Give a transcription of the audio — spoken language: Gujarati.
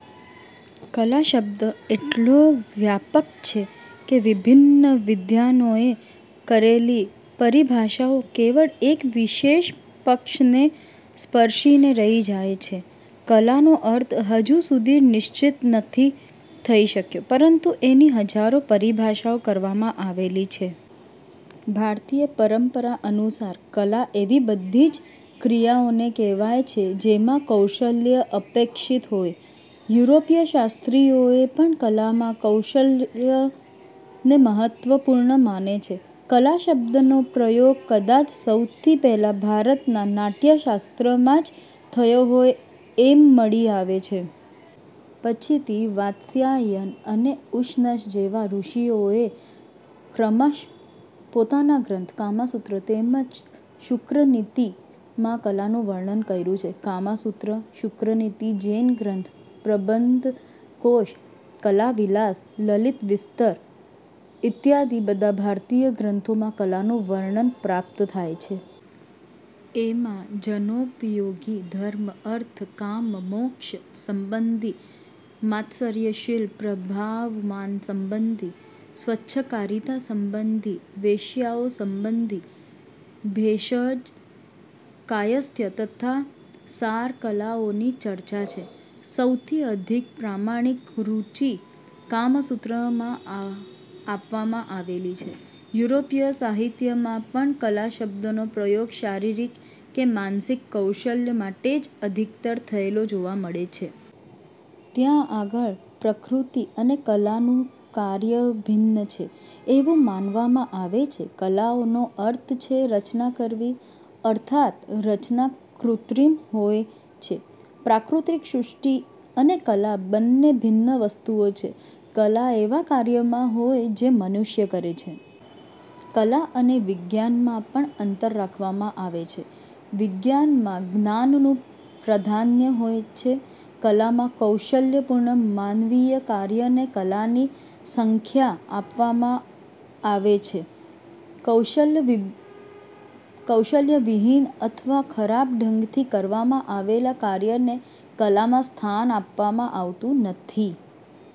કલા શબ્દ એટલો વ્યાપક છે કે વિભિન્ન વિદ્વાનોએ કરેલી પરિભાષાઓ કેવળ એક વિશેષ પક્ષને જ સ્પર્શીને રહી જાય છે. કલાનો અર્થ હજુ સુધી નિશ્ચિત નથી થઇ શક્યો, પરંતુ એની હજારો પરિભાષાઓ કરવામાં આવેલી છે. ભારતીય પરંપરા અનુસાર કલા એવી બધી જ ક્રિયાઓને કહેવાય છે, જેમાં કૌશલ્ય અપેક્ષિત હોય. યુરોપીય શાસ્ત્રીઓએ પણ કલામાં કૌશલ્યને મહત્વપૂર્ણ માને છે. કલા શબ્દનો પ્રયોગ કદાચ સૌથી પહેલાં ભરતના " નાટ્યશાસ્ત્ર "માં જ થયો હોય એમ મળી આવે છે. પછીથી વાત્સ્યાયન અને ઉશનસ જેવા ઋષિઓએ ક્રમશ: પોતાના ગ્રંથ " કામસૂત્ર " તેમ જ "શુક્રનીતિ"માં કલાનું વર્ણન કર્યું હતું. "કામસૂત્ર", "શુક્રનીતિ", જૈન ગ્રંથ "પ્રબંધકોશ", "કલાવિલાસ", "લલિતવિસ્તર" ઇત્યાદિ બધા ભારતીય ગ્રંથોમાં કલાનું વર્ણન પ્રાપ્ત થાય છે. એમાં જનોપયોગી, ધર્મ, અર્થ, કામ, મોક્ષ, સંબંધી, માત્સર્ય-શીલ-પ્રભાવમાન સંબંધી, સ્વચ્છકારિતા સંબંધી, વેશ્યાઓ સંબંધી, ભેષજ, કાયસ્થ તથા સાર કલાઓની ચર્ચા છે. સૌથી અધિક પ્રમાણિક સૂચી "કામસૂત્ર"માં આપવામાં આવેલી છે. યુરોપીય સાહિત્યમાં પણ કલા શબ્દનો પ્રયોગ શારીરિક કે માનસિક કૌશલ માટે જ અધિકતર થયેલો જોવા મળે છે. ત્યાં આગળ પ્રકૃતિ અને કલાનું કાર્ય ભિન્ન છે એવું માનવામાં આવે છે. કલાનો અર્થ છે રચના કરવી અર્થાત્ રચના કૃત્રિમ હોય છે. પ્રાકૃતિક સૃષ્ટિ અને કલા બન્ને ભિન્ન વસ્તુઓ છે. કલા એવા કાર્યમાં હોય જે મનુષ્ય કરે છે. કલા અને વિજ્ઞાનમાં પણ અંતર રાખવામાં આવે છે. વિજ્ઞાનમાં જ્ઞાનનું પ્રાધાન્ય હોય છે, કલામાં કૌશલપૂર્ણ માનવીય કાર્યને કલાની સંજ્ઞા આપવામાં આવે છે. કૌશલવિહીન અથવા ખરાબ ઢંગથી કરવામાં આવેલા કાર્યોને કલામાં સ્થાન આપવામાં આવતું નથી.